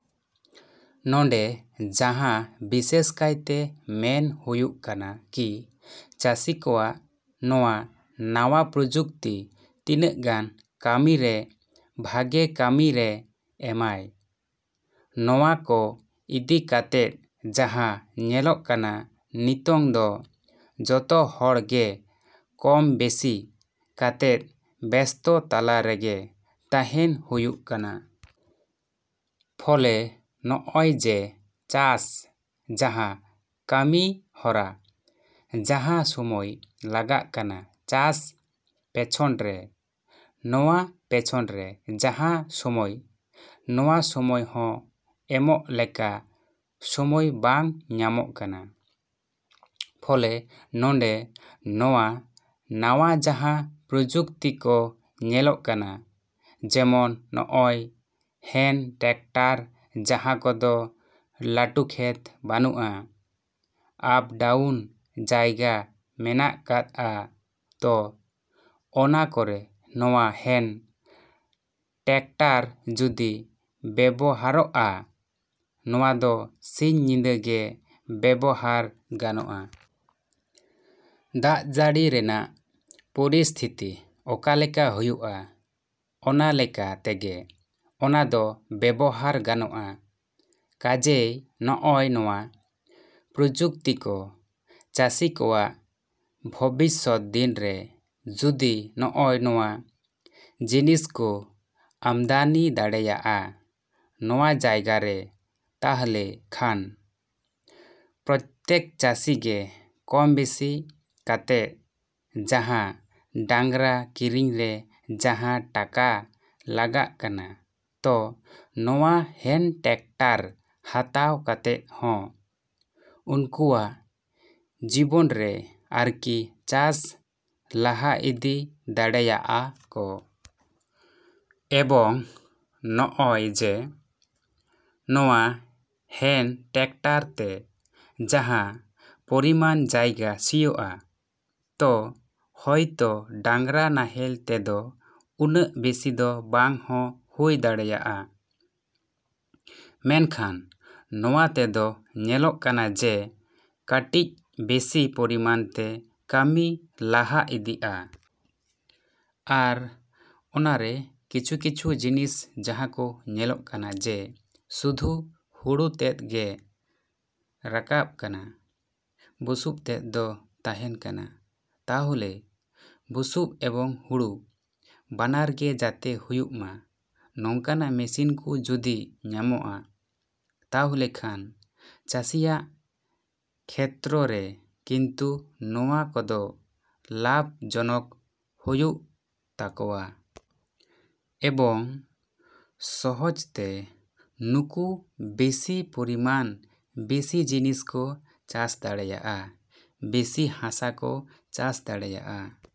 ᱱᱚᱸᱰᱮ ᱡᱟᱦᱟᱸ ᱵᱤᱥᱮᱥ ᱠᱟᱭᱛᱮ ᱢᱮᱱ ᱦᱩᱭᱩᱜ ᱠᱟᱱᱟ ᱠᱤ ᱪᱟᱹᱥᱤ ᱠᱚᱣᱟᱜ ᱱᱚᱣᱟ ᱱᱟᱣᱟ ᱯᱨᱚᱡᱩᱠᱛᱤ ᱛᱤᱱᱟᱹᱜ ᱜᱟᱱ ᱠᱟᱹᱢᱤ ᱨᱮ ᱵᱷᱟᱜᱮ ᱠᱟᱹᱢᱤ ᱨᱮ ᱮᱢᱟᱭ, ᱱᱚᱣᱟ ᱠᱚ ᱤᱫᱤ ᱠᱟᱛᱮᱫ ᱡᱟᱦᱟᱸ ᱧᱮᱞᱚᱜ ᱠᱟᱱᱟ ᱱᱤᱛᱳᱝ ᱫᱚ ᱡᱚᱛᱚ ᱦᱚᱲ ᱜᱮ ᱠᱚᱢ ᱵᱤᱥᱤ ᱠᱟᱛᱮᱫ ᱵᱮᱥᱛᱚ ᱛᱟᱞᱟ ᱨᱮᱜᱮ ᱛᱟᱦᱮᱱ ᱦᱩᱭᱩᱜ ᱠᱟᱱᱟ᱾ ᱯᱷᱚᱞᱮ ᱱᱚᱜ-ᱚᱭ ᱡᱮ ᱪᱟᱥ ᱡᱟᱦᱟᱸ ᱠᱟᱹᱢᱤ ᱦᱚᱨᱟ ᱡᱟᱦᱟᱸ ᱥᱚᱢᱚᱭ ᱞᱟᱜᱟᱜ ᱠᱟᱱᱟ ᱪᱟᱥ ᱯᱮᱪᱷᱚᱱ ᱨᱮ, ᱱᱚᱣᱟ ᱯᱮᱪᱷᱚᱱ ᱨᱮ ᱡᱟᱦᱟᱸ ᱥᱚᱢᱚᱭ, ᱱᱚᱣᱟ ᱥᱚᱢᱚᱭ ᱦᱚᱸ ᱮᱢᱚᱜ ᱞᱮᱠᱟ ᱥᱚᱢᱚᱭ ᱵᱟᱝ ᱧᱟᱢᱚᱜ ᱠᱟᱱᱟ᱾ ᱯᱷᱚᱞᱮ ᱱᱚᱸᱰᱮ ᱱᱚᱣᱟ ᱱᱟᱣᱟ ᱡᱟᱦᱟᱸ ᱯᱨᱚᱡᱩᱠᱛᱤ ᱠᱚ ᱧᱮᱞᱚᱜ ᱠᱟᱱᱟ ᱡᱮᱢᱚᱱ ᱱᱚᱜ-ᱚᱭ ᱦᱮᱱ ᱴᱮᱠᱴᱟᱨ ᱡᱟᱦᱟᱸ ᱠᱚᱫᱚ ᱞᱟᱹᱴᱩ ᱠᱷᱮᱛ ᱵᱟᱹᱱᱩᱜ-ᱟ, ᱟᱯᱰᱟᱣᱩᱱ ᱡᱟᱭᱜᱟ ᱢᱮᱱᱟᱜ ᱠᱟᱫ-ᱟ, ᱛᱚ ᱚᱱᱟ ᱠᱚᱨᱮ ᱱᱚᱣᱟ ᱦᱮᱱ ᱴᱮᱠᱴᱟᱨ ᱡᱩᱫᱤ ᱵᱮᱵᱚᱦᱟᱨᱚᱜ-ᱟ, ᱱᱚᱣᱟ ᱫᱚ ᱥᱤᱧ ᱧᱤᱫᱟᱹ ᱜᱮ ᱵᱮᱵᱚᱦᱟᱨ ᱜᱟᱱᱚᱜᱼᱟ᱾ ᱫᱟᱜ ᱡᱟᱹᱲᱤ ᱨᱮᱱᱟᱜ ᱯᱚᱨᱤᱥᱛᱷᱤᱛᱤ ᱚᱠᱟᱞᱮᱠᱟ ᱦᱩᱭᱩᱜ-ᱟ, ᱚᱱᱟᱞᱮᱠᱟ ᱛᱮᱜᱮ ᱚᱱᱟ ᱫᱚ ᱵᱮᱵᱚᱦᱟᱨ ᱜᱟᱱᱚᱜ-ᱟ᱾ ᱠᱟᱡᱮᱭ ᱱᱚᱜ-ᱚᱭ ᱱᱚᱣᱟ ᱯᱨᱚᱡᱩᱠᱛᱤ ᱠᱚ ᱪᱟᱹᱥᱤ ᱠᱚᱣᱟᱜ ᱵᱷᱚᱵᱤᱥᱥᱚᱛ ᱫᱤᱱ ᱨᱮ ᱡᱩᱫᱤ ᱱᱚᱜ-ᱚᱭ ᱱᱚᱣᱟ ᱡᱤᱱᱤᱥ ᱠᱚ ᱟᱢᱫᱟᱱᱤ ᱫᱟᱲᱮᱭᱟᱜ-ᱟ, ᱱᱚᱣᱟ ᱡᱟᱭᱜᱟ ᱨᱮ ᱛᱟᱦᱞᱮ ᱠᱷᱟᱱ ᱯᱨᱚᱛᱛᱮᱠ ᱪᱟᱹᱥᱤ ᱜᱮ ᱠᱚᱢ ᱵᱮᱥᱤ ᱠᱟᱛᱮᱫ ᱡᱟᱦᱟᱸ ᱰᱟᱝᱨᱟ ᱠᱤᱨᱤᱧ ᱨᱮ ᱡᱟᱦᱟᱸ ᱴᱟᱠᱟ ᱞᱟᱜᱟᱜ ᱠᱟᱱᱟ, ᱛᱚ ᱱᱚᱣᱟ ᱦᱮᱱ ᱴᱟᱠᱴᱟᱨ ᱦᱟᱛᱟᱣ ᱠᱟᱛᱮᱫ ᱦᱚᱸ ᱩᱱᱠᱩᱣᱟᱜ ᱡᱤᱵᱚᱱ ᱨᱮ ᱟᱨᱠᱤ ᱪᱟᱥ ᱞᱟᱦᱟ ᱤᱫᱤ ᱫᱟᱲᱮᱭᱟᱜ-ᱟ ᱠᱚ᱾ ᱮᱵᱚᱝ ᱱᱚᱜ-ᱚᱭ ᱡᱮ, ᱱᱚᱣᱟ ᱦᱮᱱ ᱴᱮᱠᱴᱟᱨ ᱛᱮ ᱡᱟᱦᱟᱸ ᱯᱚᱨᱤᱢᱟᱱ ᱡᱟᱭᱜᱟ ᱥᱤᱭᱚᱜᱼᱟ, ᱛᱚ ᱦᱳᱭᱛᱳ ᱰᱟᱝᱨᱟ ᱱᱟᱦᱮᱞ ᱛᱮᱫᱚ ᱩᱱᱟᱹᱜ ᱵᱮᱥᱤ ᱫᱚ ᱵᱟᱝ ᱦᱚᱸ ᱦᱩᱭ ᱫᱟᱲᱮᱭᱟᱜ-ᱟ᱾ ᱢᱮᱱᱠᱷᱟᱱ ᱱᱚᱣᱟ ᱛᱮᱫᱚ ᱧᱮᱞᱚᱜ ᱠᱟᱱᱟ ᱡᱮ ᱠᱟᱹᱴᱤᱡ ᱵᱮᱥᱤ ᱯᱚᱨᱤᱢᱟᱱ ᱛᱮ ᱠᱟᱹᱢᱤ ᱞᱟᱦᱟ ᱤᱫᱤᱜ-ᱟ᱾ ᱟᱨ ᱚᱱᱟ ᱨᱮ ᱠᱤᱪᱷᱩ ᱠᱤᱪᱷᱩ ᱡᱤᱱᱤᱥ ᱡᱟᱦᱟᱸ ᱠᱚ ᱧᱮᱞᱚᱜ ᱠᱟᱱᱟ ᱡᱮ ᱥᱩᱫᱩ ᱦᱩᱲᱩ ᱛᱮᱫ ᱜᱮ ᱨᱟᱠᱟᱵ ᱠᱟᱱᱟ, ᱵᱩᱥᱩᱵ ᱛᱮᱫ ᱫᱚ ᱛᱟᱦᱮᱱ ᱠᱟᱱᱟ᱾ ᱛᱟᱦᱞᱮ ᱵᱩᱥᱩᱵ ᱮᱵᱚᱝ ᱦᱩᱲᱩ ᱵᱟᱱᱟᱨ ᱜᱮ ᱡᱟᱛᱮ ᱦᱩᱭᱩᱜ-ᱢᱟ, ᱱᱚᱝᱠᱟᱱᱟᱜ ᱢᱮᱥᱤᱱ ᱠᱚ ᱡᱩᱫᱤ ᱧᱟᱢᱚᱜ-ᱟ, ᱛᱟᱦᱞᱮ ᱠᱷᱟᱱ ᱪᱟᱹᱥᱤᱭᱟᱜ ᱠᱷᱮᱛᱨᱚ ᱨᱮ ᱠᱤᱱᱛᱩ ᱱᱚᱣᱟ ᱠᱚᱫᱚ ᱞᱟᱵᱷ ᱡᱚᱱᱚᱠ ᱦᱩᱭᱩᱜ ᱛᱟᱠᱚᱣᱟ᱾ ᱮᱵᱚᱝ ᱥᱚᱦᱚᱡᱽ ᱛᱮ ᱱᱩᱠᱩ ᱵᱮᱥᱤ ᱯᱚᱨᱤᱢᱟᱱ ᱵᱮᱥᱤ ᱡᱤᱱᱤᱥ ᱠᱚ ᱪᱟᱥ ᱫᱟᱲᱮᱭᱟᱜ-ᱟ, ᱵᱮᱥᱤ ᱦᱟᱥᱟ ᱠᱚ ᱪᱟᱥ ᱫᱟᱲᱮᱭᱟᱜ-ᱟ।